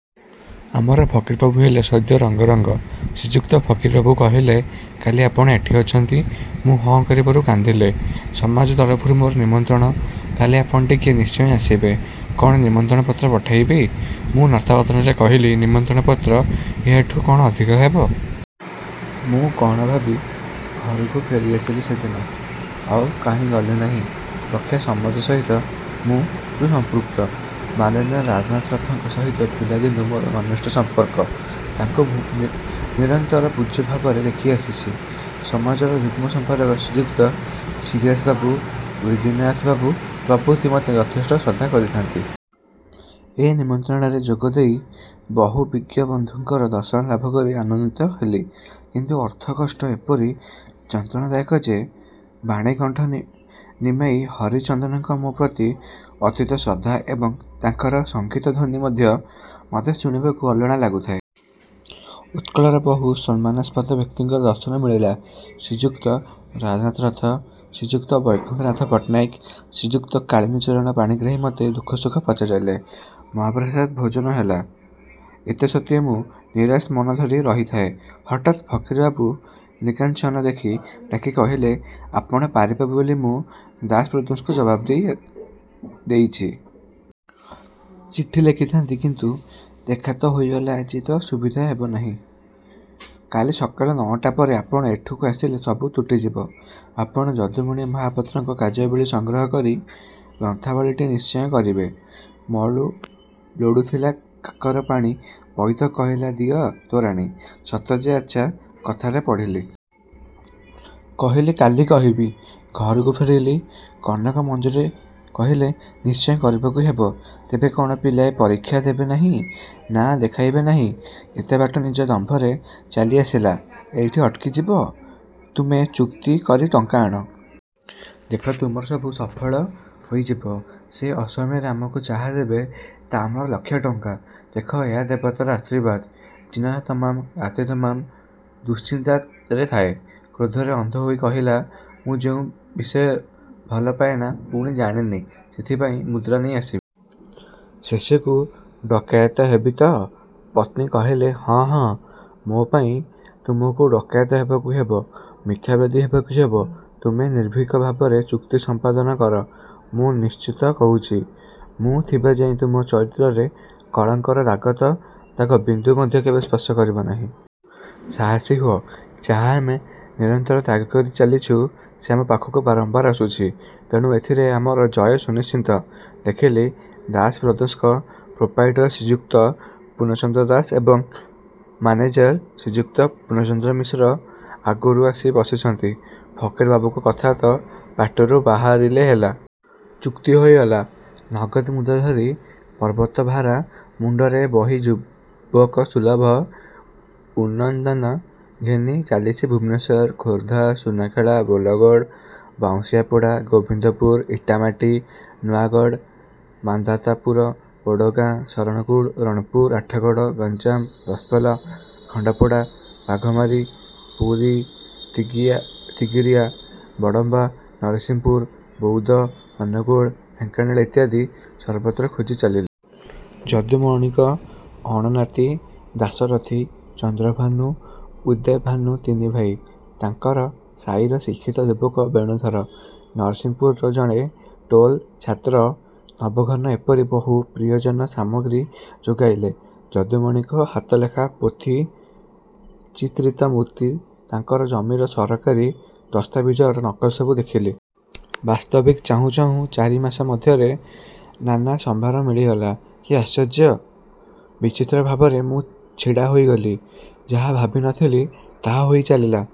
ଆମର ଫକୀର ବାବୁ ହେଲେ-'ସଦୈ ରଙ୍ଗ ରଙ୍ଗ। ' ଶ୍ରୀଯୁକ୍ତ ଫକୀର ବାବୁ କହିଲେ-'କାଲି ଆପଣ ଏଠି ଅଛନ୍ତି? ' ମୁଁ ହଁ କରିବାରୁ କାନ୍ଦିଲେ-''ସମାଜ ତରଫରୁ ମୋର ନିମନ୍ତ୍ରଣ, କାଲି ଆପଣ ଟିକିଏ ନିଶ୍ଚୟ ଆସିବେ। କଣ ନିମନ୍ତ୍ରଣ ପତ୍ର ପଠାଇବି? " ମୁଁ ନତ ବଦନରେ କହିଲି-'ନିମନ୍ତ୍ରଣ ପତ୍ର ଏହାଠୁ କଣ ଅଧିକ ହେବ? ' ମୁଁ କଣ ଭାବି ଘରକୁ ଫେରିଆସିଲି ସେଦିନ। ଆଉ କାହିଁ ଗଲି ନାହିଁ। ପ୍ରଖ୍ୟାତ 'ସମାଜ' ସହିତ ମୁଁ। ରୁ ସଂପୃକ୍ତ। ମାନନୀୟ ରାଧାନାଥ ରଥଙ୍କ ସହିତ ପିଲାଦିନୁଁ ମୋର ଘନିଷ୍ଠ ସଂପର୍କ। ତାଙ୍କୁ ମୁଁ ନିରନ୍ତର ପୂଜ୍ୟ ଭାବରେ ଦେଖିଆସିଛି। 'ସମାଜ'ର ଯୁଗ୍ମ ସମ୍ପାଦକ ଶ୍ରୀଯୁକ୍ତ ଶ୍ରୀହର୍ଷ ବାବୁ, ଉଦୟନାଥ ବାବୁ ପ୍ରଭୃତି ମତେ ଯଥେଷ୍ଟ ଶ୍ରଦ୍ଧା କରିଥାନ୍ତି। ଏ ନିମନ୍ତ୍ରଣରେ ଯୋଗ ଦେଇ ବହୁ ବିଜ୍ଞ ବନ୍ଧୁଙ୍କର ଦର୍ଶନ ଲାଭ କରି ଆନନ୍ଦିତ ହେଲି। କିନ୍ତୁ ଅର୍ଥ କଷ୍ଟ ଏପରି ଯନ୍ତ୍ରଣାଦାୟକ ଯେ ବାଣୀକଣ୍ଠ ନିମେଇ ହରିଚନ୍ଦନଙ୍କ ମୋ ପ୍ରତି ଅତୀବ ଶ୍ରଦ୍ଧା ଏବଂ ତାଙ୍କର ସଙ୍ଗୀତ ଧ୍ୱନି ମଧ୍ୟ ମୋତେ ଶୁଣିବାକୁ ଅଲଣା ଲାଗୁଥାଏ। ଉତ୍କଳର ବହୁ ସମ୍ମାନାସ୍ପଦ ବ୍ୟକ୍ତିଙ୍କର ଦର୍ଶନ ମିଳିଲା। ଶ୍ରୀଯୁକ୍ତ ରାଧାନାଥ ରଥ, ଶ୍ରୀଯୁକ୍ତ ବୈକୁଣ୍ଠନାଥ ପଟ୍ଟନାୟକ, ଶ୍ରୀଯୁକ୍ତ କାଳିନ୍ଦୀଚରଣ ପାଣିଗ୍ରାହୀ ମତେ ଦୁଃଖ ସୁଖ ପଚାରିଲେ। ମହାପ୍ରସାଦ ଭୋଜନ ହେଲା। ଏତେ ସତ୍ତ୍ୱେ ମୁଁ ନିରାଶ ମନଧରି ରହିଥାଏ। ହଠାତ୍ ଫକୀରବାବୁ ନିକାଞ୍ଚନ ଦେଖି ଡାକି କହିଲେ-''ଆପଣ ପାରିବେ ବୋଲି ମୁଁ ''ଦାସ ବ୍ରଦର୍ସ"ଙ୍କୁ ଜବାବ୍ ଦେଇ ଦେଇଛି। ଚିଠି ଲେଖିଥାନ୍ତି, କିନ୍ତୁ ଦେଖା ତ ହୋଇଗଲା ଆଜି ତ ସୁବିଧା ହେବନାହିଁ। କାଲି ସକାଳ ନଅଟା ପରେ ଆପଣ ଏଠିକୁ ଆସିଲେ ସବୁ ତୁଟିଯିବ। ଆପଣ ଯଦୁମଣି ମହାପାତ୍ରଙ୍କ କାର୍ଯ୍ୟାବଳୀ ସଂଗ୍ରହ କରି ଗ୍ରନ୍ଥାବଳୀଟିଏ ନିଶ୍ଚୟ କରିବେ। " ମଳୁ ଲୋଡ଼ୁଥିଲା କାକର ପାଣି ବଇଦ କହିଲା ଦିଅ ତୋରାଣି- ସତ ଯେ, ଆଚ୍ଛା କଥାରେ ପଡ଼ିଲି। କହିଲି-'କାଲି କହିବି। ' ଘରକୁ ଫେରିଲି। କନକ ମଞ୍ଜରୀ କହିଲେ-'ନିଶ୍ଚୟ କରିବାକୁ ହେବ। ତେବେ କଣ ପିଲାଏ ପରିକ୍ଷା ଦେବେ ନାହିଁ, ନାଁ ଲେଖାଇବେ ନାହିଁ? ଏତେ ବାଟ ନିଜ ଦମ୍ଭରେ ଚାଲି ଆସିଲ। ଏଇଠି ଅଟକି ଯିବ? ତୁମେ ଚୁକ୍ତି କରି ଟଙ୍କା ଆଣ। ଦେଖ, ତୁମର ସବୁ ସଫଳ ହୋଇଯିବ। ସେ ଅସମୟରେ ଆମକୁ ଯାହା ଦେବେ, ତା ଆମର ଲକ୍ଷେ ଟଙ୍କା। ଦେଖ, ଏହା ଦେବତାର ଆଶୀର୍ବାଦ। ' ଦିନ ତମାମ, ରାତ୍ର ତମାମ ଦୁଶ୍ଚିନ୍ତାରେ ଥାଏ। କ୍ରୋଧରେ ଅନ୍ଧ ହୋଇ କହିଲା-ମୁଁ ଯେଉଁ ବିଷୟ ଭଲ ପାଏନି ପୁଣି ଜାଣେନି, ସେଥିପାଇଁ ମୁଦ୍ରା ନେଇ ଆସିବି? ଶେଷକୁ ଡକାଏତ ହେବି ତ? ପତ୍ନୀ କହିଲେ-ହଁ, ହଁ, ମୋ ପାଇଁ ତୁମକୁ ଡକାଏତ ହେବାକୁ ହେବ। ମିଥ୍ୟାବାଦୀ ହେବାକୁ ହେବ। ତୁମେ ନିର୍ଭୀକ ଭାବରେ ଚୁକ୍ତି ସଂପାଦନ କର। ମୁଁ ନିଶ୍ଚିତ କହୁଛି, ମୁଁ ଥିବା ଯାଏ ତୁମ ଚରିତ୍ରରେ କଳଙ୍କର ଦାଗ ତ ଦାଗ ବିନ୍ଦୁ ମଧ୍ୟ କେବେ ସ୍ପର୍ଶ କରିବ ନାହିଁ। ସାହସୀ ହୁଅ। ଯାହା ଆମେ ନିରନ୍ତର ତ୍ୟାଗ କରି ଚାଲିଚୁଁ, ସେ ଆମ ପାଖକୁ ବାରମ୍ବାର ଆସୁଛି। ତେଣୁ ଏଥିରେ ଆମର ଜୟ ସୁନିଶ୍ଚିତ। ଦେଖିଲି-'ଦାସ ବ୍ରଦର୍ସ'ର ପ୍ରୋପ୍ରାଇଟର ଶ୍ରୀଯୁକ୍ତ ପୂର୍ଣ୍ଣଚନ୍ଦ୍ର ଦାସ ଏବଂ ମାନେଜର ଶ୍ରୀଯୁକ୍ତ ପୂର୍ଣ୍ଣଚନ୍ଦ୍ର ମିଶ୍ର ଆଗରୁ ଆସି ବସିଛନ୍ତି। ଫକୀର ବାବୁଙ୍କ କଥା ତ ପାଟିରୁ ବାହାରିଲେ ହେଲା। ଚୁକ୍ତି ହୋଇଗଲା।। ନଗଦ ମୁଦ୍ରା ଧରି ପର୍ବତଭାରା ମୁଣ୍ଡରେ ବହି ଯୁବକସୁଲଭ ଉନ୍ମାଦନା ଘେନି ଚାଲିଲି ଭୁବନେଶ୍ୱର, ଖୋର୍ଦ୍ଧା, ସୁନାଖଳା, ବୋଲଗଡ଼, ବାଉଁଶିଆପଡ଼ା, ଗୋବିନ୍ଦପୁର, ଇଟାମାଟି, ନୂଆଗଡ଼, ମାନ୍ଧାତାପୁର, ଓଡ଼ଗାଁ, ଶରଣକୁଳ, ରଣପୁର, ଆଠଗଡ଼, ଗଞ୍ଜାମ ଦଶପଲ୍ଲା, ଖଣ୍ଡପଡ଼ା, ବାଘମାରୀ, ପୁରୀ, ତିଗିରିଆ, ବଡ଼ମ୍ବା, ନରସିଂହପୁର, ବୌଦ, ଅନୁଗୁଳ, ଢେଙ୍କାନାଳ ଇତ୍ୟାଦି ସର୍ବତ୍ର ଖୋଜି ଚାଲିଲି। ଯଦୁମଣିଙ୍କ ଅଣନାତି ଦାଶରଥି, ଚନ୍ଦ୍ରଭାନୁ, ଉଦେଭାନୁ ତିନି ଭାଇ, ତାଙ୍କ ସାଇର ଶିକ୍ଷିତ ଯୁବକ ବେଣୁଧର, ନରସିଂହପୁରର ଜଣେ ଟୋଲ ଛାତ୍ର ନବଘନ ଏପରି ବହୁ ପ୍ରିୟଜନ ସାମଗ୍ରୀ ଯୋଗାଇଲେ। ଯଦୁମଣିଙ୍କ ହାତଲେଖା ପୋଥି, ଚିତ୍ରିତ ମୂର୍ତ୍ତି, ତାଙ୍କର ଜମିର ସରକାରୀ ଦସ୍ତାବିଜର ନକଲ ସବୁ ଦେଖିଲି। ବାସ୍ତବିକ୍ ଚାହୁଁ ଚାହୁଁ ଚାରି ମାସ ମଧ୍ୟରେ ନାନା ସମ୍ଭାର ମିଳିଗଲା। କି ଆଶ୍ଚର୍ଯ୍ୟ! ବିଚିତ୍ର ଭାବରେ ମୁଁ ଛିଡ଼ା ହୋଇଗଲି। ଯାହା ଭାବି ନ ଥିଲି, ତାହା ହୋଇ ଚାଲିଲା।